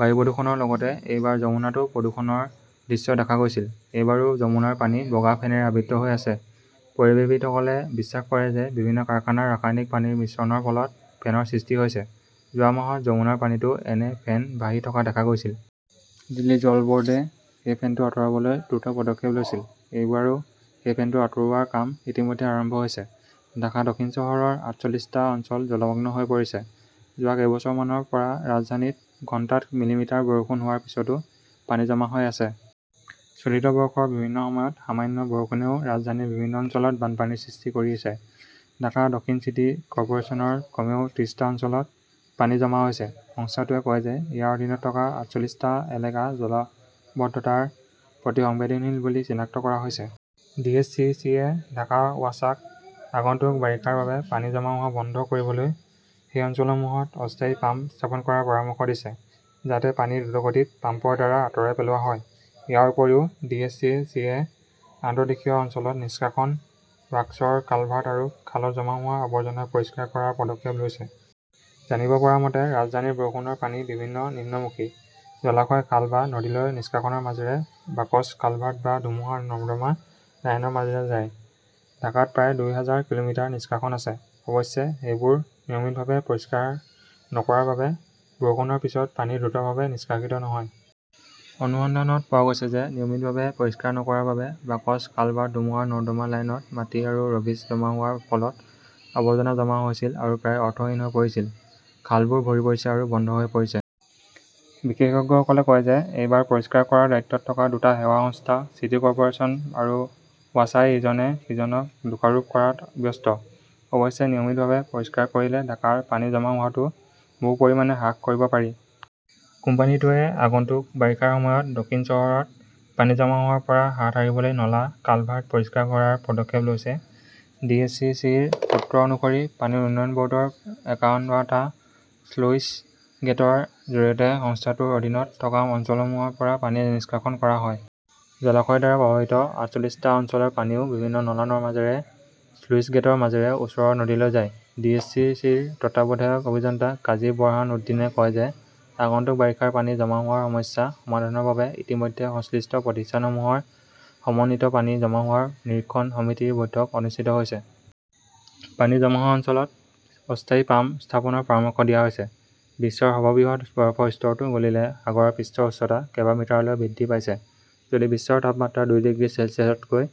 বায়ু প্ৰদূষণৰ লগতে এইবাৰ যমুনাতো প্ৰদূষণৰ দৃশ্য দেখা গৈছিল। এইবাৰো যমুনাৰ পানী বগা ফেনৰে আবৃত হৈ আছে। পৰিৱেশবিদসকলে বিশ্বাস কৰে যে বিভিন্ন কাৰখানাৰ ৰাসায়নিক পানীৰ মিশ্ৰণৰ ফলত ফেনৰ সৃষ্টি হৈছে। যোৱা মাহত যমুনাৰ পানীতো এনে ফেন ভাহি থকা দেখা গৈছিল। দিল্লী জল বোৰ্ডে সেই ফেনটো আঁতৰাবলৈ দ্ৰুত পদক্ষেপ লৈছিল। এইবাৰো সেই ফেনটো আঁতৰোৱাৰ কাম ইতিমধ্যে আৰম্ভ হৈছে। ঢাকা দক্ষিণ চহৰৰ আঠচল্লিশটা অঞ্চল জলমগ্ন হৈ পৰিছে। যোৱা কেইবছৰমানৰ পৰা ৰাজধানীত ঘণ্টাত মিলিমিটাৰ বৰষুণ হোৱাৰ পিছতো পানী জমা হৈ আছে। চলিত বৰ্ষৰ বিভিন্ন সময়ত সামান্য বৰষুণেও ৰাজধানীৰ বিভিন্ন অঞ্চলত বানপানীৰ সৃষ্টি কৰিছে। ঢাকা দক্ষিণ চিটি কৰ্পোৰেচনৰ কমেও ত্ৰিশটা অঞ্চলত পানী জমা হৈছে। সংস্থাটোৱে কয় যে ইয়াৰ অধীনত থকা আঠচল্লিশটা এলেকা জলাবদ্ধতাৰ প্ৰতি সংবেদনশীল বুলি চিনাক্ত কৰা হৈছে। ডি এছ চি চিয়ে ঢাকা ৱাছাক আগন্তুক বাৰিষাৰ বাবে পানী জমা হোৱা বন্ধ কৰিবলৈ সেই অঞ্চলসমূহত অস্থায়ী পাম্প স্থাপন কৰাৰ পৰামৰ্শ দিছে, যাতে পানী দ্ৰুতগতিত পাম্পৰ দ্বাৰা আঁতৰাই পেলোৱা হয়। ইয়াৰ উপৰিও, ডি এছ চি চিয়ে অন্তৰ্দেশীয় অঞ্চলত নিষ্কাশন, বাকচৰ কালভাৰ্ট আৰু খালত জমা হোৱা আৱৰ্জনা পৰিষ্কাৰ কৰাৰ পদক্ষেপ লৈছে। জানিব পৰা মতে, ৰাজধানীৰ বৰষুণৰ পানী বিভিন্ন নিম্নভূমি, জলাশয়, খাল বা নদীলৈ নিষ্কাশনৰ মাজেৰে, বাকচ কালভাৰ্ট বা ধুমুহাৰ নৰ্দমা লাইনৰ মাজেৰে যায়। ঢাকাত প্ৰায় দুই হাজাৰ কিলোমিটাৰ নিষ্কাশন আছে। অৱশ্যে, সেইবোৰ নিয়মিতভাৱে পৰিষ্কাৰ নকৰাৰ বাবে বৰষুণৰ পিছত পানী দ্ৰুতভাৱে নিষ্কাশিত নহয়। অনুসন্ধানত পোৱা গৈছে যে নিয়মিতভাৱে পৰিষ্কাৰ নকৰাৰ বাবে বাকচ কালভাৰ্ট, ধুমুহাৰ নৰ্দমা লাইনত মাটি আৰু ৰবিছ জমা হোৱাৰ ফলত আৱৰ্জনা জমা হৈছিল আৰু প্ৰায়ে অৰ্থহীন হৈ পৰিছিল। খালবোৰ ভৰি পৰিছে আৰু বন্ধ হৈ পৰিছে। বিশেষজ্ঞসকলে কয় যে এইবাৰ পৰিষ্কাৰ কৰাৰ দায়িত্বত থকা দুটা সেৱা সংস্থা, চিটি কৰ্পোৰেচন আৰু ৱাছাই ইজনে সিজনক দোষাৰোপ কৰাত ব্যস্ত। অৱশ্যে, নিয়মিতভাৱে পৰিষ্কাৰ কৰিলে ঢাকাৰ পানী জমা হোৱাটো বহু পৰিমাণে হ্ৰাস কৰিব পাৰি। কোম্পানীটোৱে আগন্তুক বাৰিষাৰ সময়ত দক্ষিণ চহৰত পানী জমা হোৱাৰ পৰা হাত সাৰিবলৈ নলা, কালভাৰ্ট পৰিষ্কাৰ কৰাৰ পদক্ষেপ লৈছে। ডি এছ চি চিৰ সূত্ৰ অনুসৰি, পানী উন্নয়ন ব'ৰ্ডৰ একাৱনটা স্লুইচ গেটৰ জৰিয়তে সংস্থাটোৰ অধীনত থকা অঞ্চলসমূহৰ পৰা পানী নিষ্কাশন কৰা হয়। জলাশয়ৰ দ্বাৰা প্ৰভাৱিত আঠচল্লিশটা অঞ্চলৰ পানীও বিভিন্ন নলাৰ মাজেৰে স্লুইচ গেটৰ মাজেৰে ওচৰৰ নদীলৈ যায়। ডি এছ চি চিৰ তত্ত্বাৱধায়ক অভিযন্তা কাজী বৰহান উদ্দীনে কয় যে আগন্তুক বাৰিষাৰ পানী জমা হোৱাৰ সমস্যা সমাধানৰ বাবে ইতিমধ্যে সংশ্লিষ্ট প্ৰতিষ্ঠানসমূহৰ সমন্বিত পানী জমা হোৱাৰ নিৰীক্ষণ সমিতিৰ বৈঠক অনুষ্ঠিত হৈছে। পানী জমা হোৱা অঞ্চলত অস্থায়ী পাম্প স্থাপনৰ পাৰামৰ্শ দিয়া হৈছে। বিশ্বৰ সৰ্ববৃহৎ বৰফৰ স্তৰটো গলিলে সাগৰৰ পৃষ্ঠৰ উচ্চতা কেইবা মিটাৰলৈ বৃদ্ধি পাইছে। যদি বিশ্বৰ তাপমাত্ৰা দুই ডিগ্ৰী চেলছিয়াছতকৈ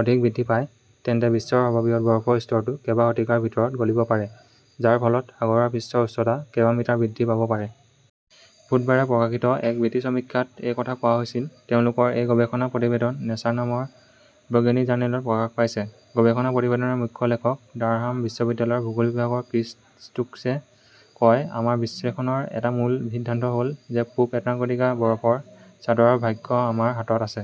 অধিক বৃদ্ধি পায়, তেন্তে বিশ্বৰ সৰ্ববৃহৎ বৰফৰ স্তৰটো কেইবা শতিকাৰ ভিতৰত গলিব পাৰে, যাৰ ফলত সাগৰৰ পৃষ্ঠৰ উচ্চতা কেইবা মিটাৰ বৃদ্ধি পাব পাৰে। বুধবাৰে প্ৰকাশিত এক ব্ৰিটিছ সমীক্ষাত এই কথা কোৱা হৈছিল। তেওঁলোকৰ এই গৱেষণা প্ৰতিবেদন নেচাৰ নামৰ বৈজ্ঞানিক জাৰ্নেলত প্ৰকাশ পাইছে। গৱেষণা প্ৰতিবেদনৰ মুখ্য লেখক ডাৰহাম বিশ্ববিদ্যালয়ৰ ভূগোল বিভাগৰ ক্ৰিছ ষ্টোক্সে কয়, আমাৰ বিশ্লেষণৰ এটা মূল সিদ্ধান্ত হ'ল যে পূব এণ্টাৰ্কটিকা বৰফৰ চাদৰৰ ভাগ্য আমাৰ হাতত আছে।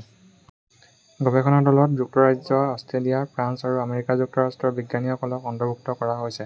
গৱেষণা দলত যুক্তৰাজ্য, অষ্ট্ৰেলিয়া, ফ্ৰান্স আৰু আমেৰিকা যুক্তৰাষ্ট্ৰৰ বিজ্ঞানীসকলক অন্তৰ্ভুক্ত কৰা হৈছে।